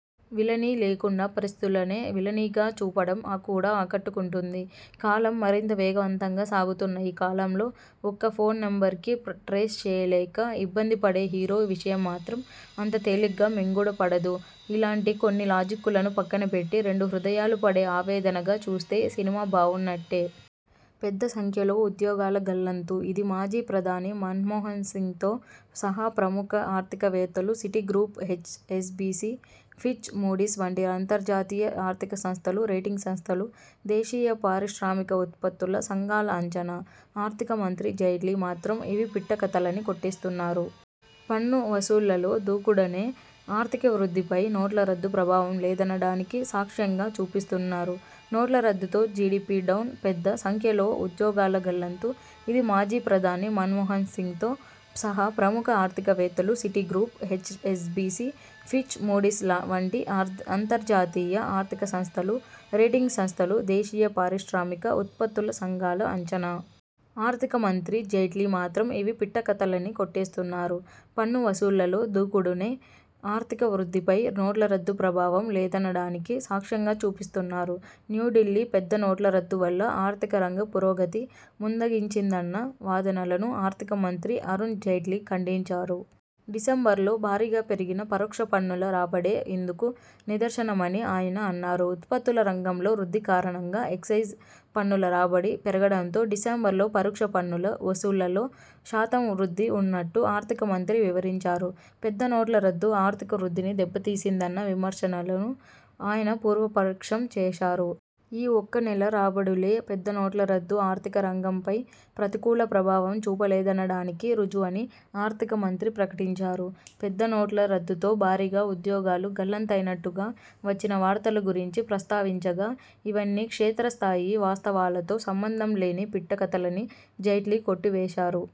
Villainy లేకుండా పరిస్థితులనే విలనీగా చూపడం కూడా ఆకట్టకుంటుంది. కాలం మరింత వేగవంతంగా సాగుతున్న ఈ కాలంలో ఒక్క ఫోన్ నెంబర్ని ట్రేస్ చేయలేక ఇబ్బందిపడే హీరో విషయం మాత్రం అంత తేలిగ్గా మింగుడుపడదు. ఇలాంటి కొన్ని లాజిక్కులను పక్కనపెట్టి, రెండు హృదయాలు పడే ఆవేదనగా చూస్తే సినిమా బావున్నట్టే. పెద్ద సంఖ్యలో ఉద్యోగాల గల్లంతు. ఇది మాజీ ప్రధాని మన్మోహన్సింగ్తో సహా ప్రముఖ ఆర్థికవేత్తలు, సిటిగ్రూప్, హెచ్ఎస్బిసి, ఫిచ్, మూడీస్ వంటి అంతర్జాతీయ ఆర్థిక సంస్థలు, రేటింగ్ సంస్థలు, దేశీయ పారిశ్రామిక ఉత్పత్తుల సంఘాల అంచనా. ఆర్థిక మంత్రి జైట్లీ మాత్రం ఇవి పిట్ట కథలని కొట్టేస్తున్నారు. పన్ను వసూళ్లలో దూకుడునే ఆర్థిక వృద్ధిపై నోట్ల రద్దు ప్రభావం లేదనడానికి సాక్ష్యంగా చూపిస్తున్నారు. నోట్ల రద్దుతో జిడిపి డౌన్. పెద్ద సంఖ్యలో ఉద్యోగాల గల్లంతు. ఇది మాజీ ప్రధాని మన్మోహన్సింగ్తో సహా ప్రముఖ ఆర్థికవేత్తలు, సిటిగ్రూప్, హెచ్ఎస్బిసి, ఫిచ్, మూడీస్ వంటి అంతర్జాతీయ ఆర్థిక సంస్థలు, రేటింగ్ సంస్థలు, దేశీయ పారిశ్రామిక ఉత్పత్తుల సంఘాల అంచనా. ఆర్థిక మంత్రి జైట్లీ మాత్రం ఇవి పిట్ట కథలని కొట్టేస్తున్నారు. పన్ను వసూళ్లలో దూకుడునే ఆర్థిక వృద్ధిపై నోట్ల రద్దు ప్రభావం లేదనడానికి సాక్ష్యంగా చూపిస్తున్నారు. న్యూఢిల్లీ: పెద్ద నోట్ల రద్దు వల్ల ఆర్థికరంగ పురోగతి మందగించిందన్న వాదనలను ఆర్థిక మంత్రి అరుణ్ జైట్లీ ఖండించారు. డిసెంబర్లో భారీగా పెరిగిన పరోక్ష పన్నుల రాబడే ఇందుకు నిదర్శనమని ఆయన అన్నారు. ఉత్పత్తుల రంగంలో వృద్ధి కారణంగా ఎక్సైజ్ పన్నుల రాబడి పెరగడంతో డిసెంబర్లో పరోక్ష పన్నుల వసూళ్లలో శాతం వృద్ధి ఉన్నట్టు ఆర్థిక మంత్రి వివరించారు. పెద్ద నోట్ల రద్దు ఆర్థిక వృద్ధిని దెబ్బతీసిందన్న విమర్శలను ఆయన పూర్వపక్షం చేశారు. ఈ ఒక్క నెల రాబడులే, పెద్ద నోట్ల రద్దు ఆర్థిక రంగంపై ప్రతికూల ప్రభావం చూపలేదనడానికి రుజువని ఆర్థిక మంత్రి ప్రకటించారు. పెద్ద నోట్ల రద్దుతో భారీగా ఉద్యోగాలు గల్లంతైనట్టుగా వచ్చిన వార్తల గురించి ప్రస్తావించగా, ఇవన్నీ క్షేత్రస్థాయి వాస్తవాలతో సంబంధంలేని పిట్ట కథలని జైట్లీ కొట్టివేశారు.